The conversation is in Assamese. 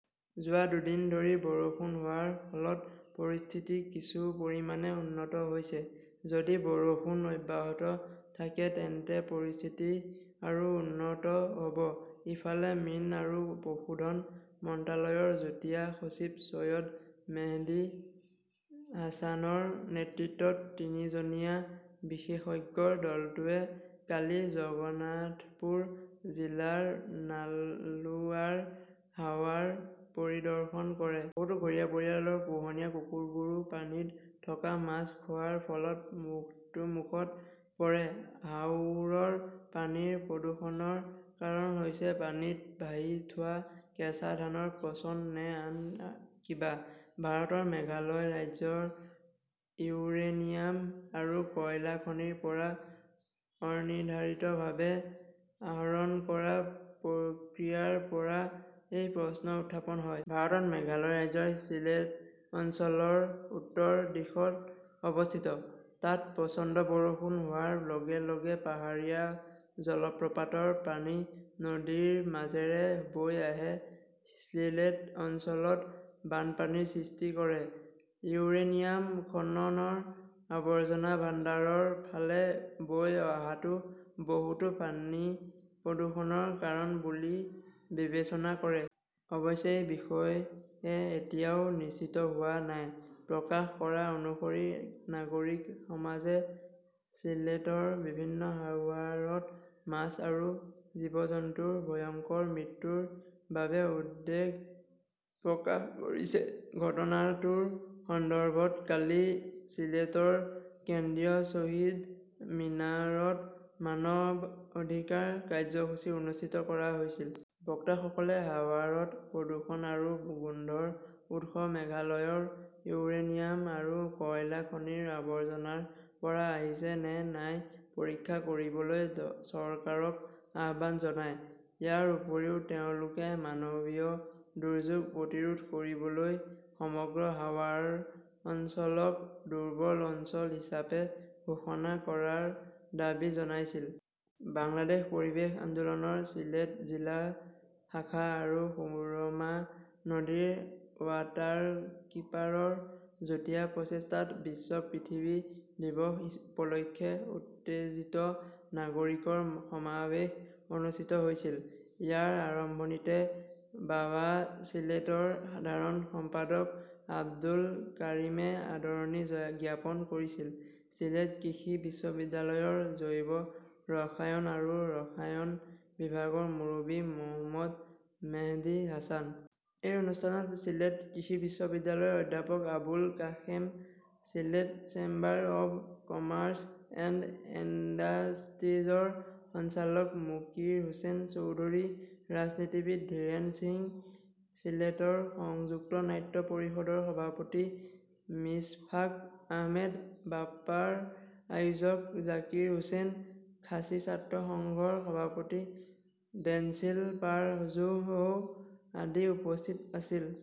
যোৱা দুদিন ধৰি বৰষুণ হোৱাৰ ফলত পৰিস্থিতি কিছু পৰিমাণে উন্নত হৈছে। যদি বৰষুণ অব্যাহত থাকে তেন্তে পৰিস্থিতি আৰু উন্নত হ'ব। ইফালে, মীন আৰু পশুধন মন্ত্ৰালয়ৰ যুটীয়া সচিব চৈয়দ মেহেদী হাছানৰ নেতৃত্বত তিনিজনীয়া বিশেষজ্ঞৰ দলটোৱে কালি জগন্নাথপুৰ জিলাৰ নালুৱাৰ হাৱাৰ পৰিদৰ্শন কৰে। বহুতো ঘৰুৱা পৰিয়ালৰ পোহনীয়া কুকুৰবোৰো পানীত থকা মাছ খোৱাৰ ফলত মৃত্যুমুখত পৰে। হাওৰৰ পানীৰ প্ৰদূষণৰ কাৰণ হৈছে পানীত ভাহি থোৱা কেঁচা ধানৰ পচন, নে আন কিবা? ভাৰতৰ মেঘালয় ৰাজ্যৰ ইউৰেনিয়াম আৰু কয়লা খনিৰ পৰা অনিৰ্ধাৰিতভাৱে আহৰণ কৰা প্ৰক্ৰিয়াৰ পৰা এই প্ৰশ্ন উত্থাপন হয়। ভাৰতৰ মেঘালয় ৰাজ্যৰ সিলেট অঞ্চলৰ উত্তৰ দিশত অৱস্থিত। তাত প্ৰচণ্ড বৰষুণ হোৱাৰ লগে লগে পাহাৰীয়া জলপ্ৰপাতৰ পানী নদীৰ মাজেৰে বৈ আহি সিলেট অঞ্চলত বানপানীৰ সৃষ্টি কৰে। ইউৰেনিয়াম খননৰ আৱৰ্জনা ভাণ্ডাৰৰ ফালে বৈ অহাটো বহুতো পানী প্ৰদূষণৰ কাৰণ বুলি বিবেচনা কৰে। অৱশ্যে, এই বিষয়ে এতিয়াও নিশ্চিত হোৱা নাই। প্ৰকাশ কৰা অনুসৰি, নাগৰিক সমাজে ছিলেটৰ বিভিন্ন হাৱাৰত মাছ আৰু জীৱ-জন্তুৰ ভয়ংকৰ মৃত্যুৰ বাবে উদ্বেগ প্ৰকাশ কৰিছে। ঘটনাটোৰ সন্দৰ্ভত কালি চিলেটৰ কেন্দ্ৰীয় শ্বহীদ মিনাৰত মানৱ অধিকাৰ কাৰ্যসূচী অনুষ্ঠিত কৰা হৈছিল। বক্তাসকলে হাৱাৰত প্ৰদূষণ আৰু গোন্ধৰ উৎস মেঘালয়ৰ ইউৰেনিয়াম আৰু কয়লা খনিৰ আৱৰ্জনাৰ পৰা আহিছে নে নাই পৰীক্ষা কৰিবলৈ চৰকাৰক আহ্বান জনায়। ইয়াৰ উপৰিও তেওঁলোকে মানৱীয় দুৰ্যোগ প্ৰতিৰোধ কৰিবলৈ সমগ্ৰ হাৱাৰ অঞ্চলক দুৰ্বল অঞ্চল হিচাপে ঘোষণা কৰাৰ দাবী জনাইছিল। বাংলাদেশ পৰিৱেশ আন্দোলনৰ চিলেট জিলা শাখা আৰু সুৰমা নদীৰ ৱাটাৰকীপাৰৰ যুটীয়া প্ৰচেষ্টাত বিশ্ব পৃথিৱী দিৱস উপলক্ষে উত্তেজিত নাগৰিকৰ সমাৱেশ অনুষ্ঠিত হৈছিল। ইয়াৰ আৰম্ভণিতে বাবা চিলেটৰ সাধাৰণ সম্পাদক আব্দুল কাৰিমে আদৰণি জ্ঞাপন কৰিছিল। ছিলেট কৃষি বিশ্ববিদ্যালয়ৰ জৈৱ ৰসায়ন আৰু ৰসায়ন বিভাগৰ মুৰব্বী মোহম্মদ মেহদী হাছান। এই অনুষ্ঠানত ছিলেট কৃষি বিশ্ববিদ্যালয়ৰ অধ্যাপক Abul Kashem, Sylhet chamber of commerce and ইণ্ডাষ্ট্ৰীজৰ সঞ্চালক মুকিৰ হোসেন চৌধুৰী, ৰাজনীতিবিদ ধীৰেন সিং, ছিলেটৰ সংযুক্ত নাট্য পৰিষদৰ সভাপতি মিছফাক আহমেদ, বাপাৰ আয়োজক জাকিৰ হোসেন, খাচী ছাত্ৰ সংঘৰ সভাপতি ডেঞ্চিল পাৰ-জোহু আদি উপস্থিত আছিল।